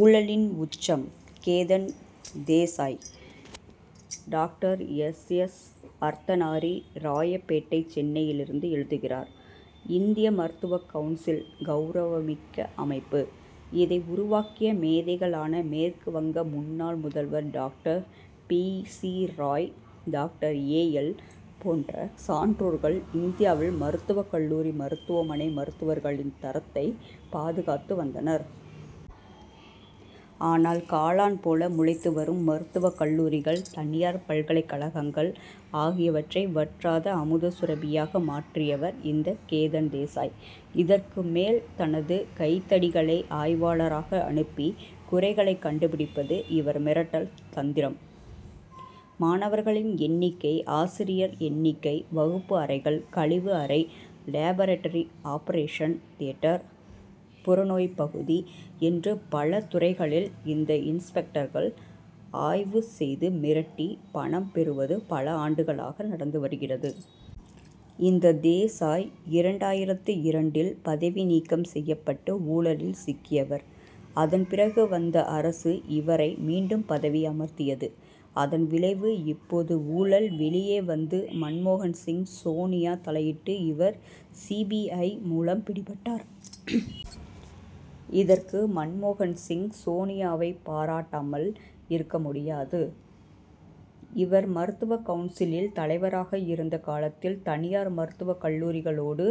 ஊழலின் உச்சம் Ketan Desai! Doctor S. S. Arthanari Royapettah சென்னையிலிருந்து எழுதுகிறார் இந்திய மருத்துவ கவுன்சில் கவுரவமிக்க அமைப்பு. இதை உருவாக்கிய மேதைகளான மேற்கு வங்க முன்னாள் முதல்வர் doctor B. C. Roy doctor A. L. போன்ற சான்றோர்கள் இந்தியாவில் மருத்துவக் கல்லூரி மருத்துவமனை மருத்துவர்களின் தரத்தைப் பாதுகாத்து வந்தனர். ஆனால் காளான் போல முளைத்து வரும் மருத்துவக் கல்லூரிகள் தனியார் பல்கலைக்கழகங்கள் ஆகியவற்றை வற்றாத அமுத சுரபியாக மாற்றியவர் இந்த கேதன் தேசாய். இதற்கு மேல் தனது கைத்தடிகளை ஆய்வாளராக அனுப்பி குறைகளை கண்டுபிடிப்பது இவர் மிரட்டல் தந்திரம். மாணவர்கள் எண்ணிக்கை ஆசிரியர் எண்ணிக்கை வகுப்பு அறைகள் கழிவு அறை லேபரட்டரி ஆபரேஷன் தியேட்டர் புறநோய்ப்பகுதி என்று பல துறைகளில் இந்த இன்ஸ்பெக்டர்கள் ஆய்வு செய்து மிரட்டி பணம் பெறுவது பல ஆண்டுகளாக நடந்து வருகிறது. இந்த தேசாய் இரண்டாயிரத்து இரண்டில் பதவி நீக்கம் செய்யப்பட்டு ஊழலில் சிக்கியவர். அதன் பிறகு வந்த அரசு இவரை மீண்டும் பதவி அமர்த்தியது. அதன் விளைவு இப்போது ஊழல் வெளியே வந்து மன்மோகன் சிங் சோனியா தலையிட்டு இவர் சி. பி. ஐ. மூலம் பிடிபட்டார். இதற்கு மன்மோகன் சிங் சோனியாவைப் பாராட்டாமல் இருக்க முடியாது. இவர் மருத்துவ கவுன்சிலில் தலைவராக இருந்த காலத்தில் தனியார் மருத்துவக் கல்லூரிகளோடு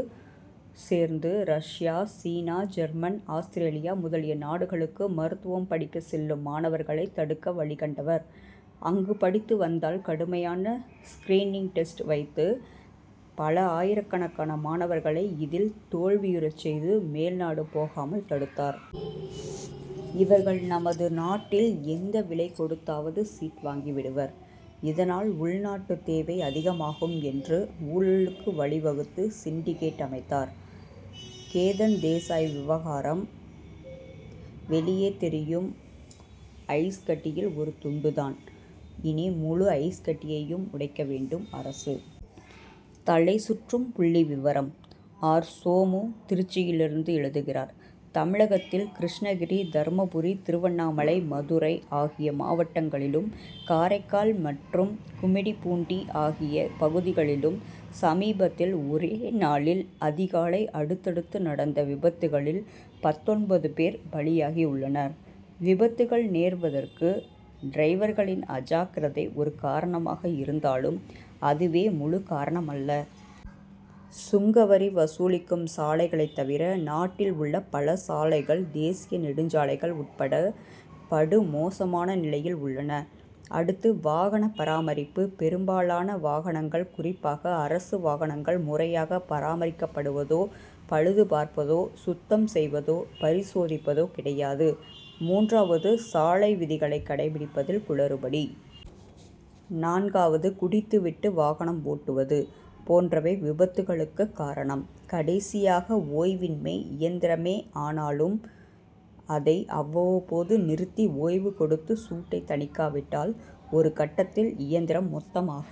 சேர்ந்து ரஷ்யா சீனா ஜெர்மன் ஆஸ்திரேலியா முதலிய நாடுகளுக்கு மருத்துவம் படிக்க செல்லும் மாணவர்களை தடுக்க வழிகண்டவர். அங்கு படித்து வந்தால் கடுமையான ஸ்கிரீனிங் டெஸ்ட் வைத்து பல ஆயிரக்கணக்கான மாணவர்களை இதில் தோல்வியுறச் செய்து மேல் நாடு போகாமல் தடுத்தார். இவர்கள் நமது நாட்டில் எந்த விலை கொடுத்தாவது சீட் வாங்கிடுவர். இதனால் உள்நாட்டு தேவை அதிகமாகும் என்று ஊழலுக்கு வழிவகுத்து சிண்டிகேட் அமைத்தார். கேதன் தேசாய் விவகாரம் வெளியே தெரியும் ஐஸ் கட்டியில் ஒரு துண்டு தான். இனி முழு ஐஸ்கட்டியையும் உடைக்க வேண்டும் அரசு. தலைசுற்றும் புள்ளிவிவரம்! ஆர். சோமு திருச்சியிலிருந்து எழுதுகிறார் தமிழகத்தில் கிருஷ்ணகிரி தர்மபுரி திருவண்ணாமலை மதுரை ஆகிய மாவட்டங்களிலும் காரைக்கால் மற்றும் கும்மிடிபூண்டி ஆகிய பகுதிகளிலும் சமீபத்தில் ஒரே நாளில் அதிகாலை அடுத்தடுத்து நடந்த விபத்துகளில் பத்தொன்பது பேர் பலியாகி உள்ளனர். விபத்துகள் நேர்வதற்கு டிரைவர்களின் அஜாக்கிரதை ஒரு காரணமாக இருந்தாலும் அதுவே முழு காரணமல்ல. சுங்கவரி வசூலிக்கும் சாலைகளைத் தவிர நாட்டில் உள்ள பல சாலைகள் தேசிய நெடுஞ்சாலைகள் உட்பட படு மோசமான நிலையில் உள்ளன. அடுத்து வாகன பராமரிப்பு பெரும்பாலான வாகனங்கள் குறிப்பாக அரசு வாகனங்கள் முறையாக பராமரிக்கப்படுவதோ பழுதுபார்ப்பதோ சுத்தம் செய்வதோ பரிசோதிப்பதோ கிடையாது. மூன்றாவது சாலை விதிகளை கடைப்பிடிப்பதில் குளறுபடி. நான்காவது குடித்து விட்டு வாகனம் ஓட்டுவது போன்றவை விபத்துகளுக்கு காரணம். கடைசியாக ஓய்வின்மை இயந்திரமே ஆனாலும் அதை அவ்வப்போது நிறுத்தி ஓய்வு கொடுத்து சூட்டைத் தணிக்காவிட்டால் ஒரு கட்டத்தில் இயந்திரம் மொத்தமாக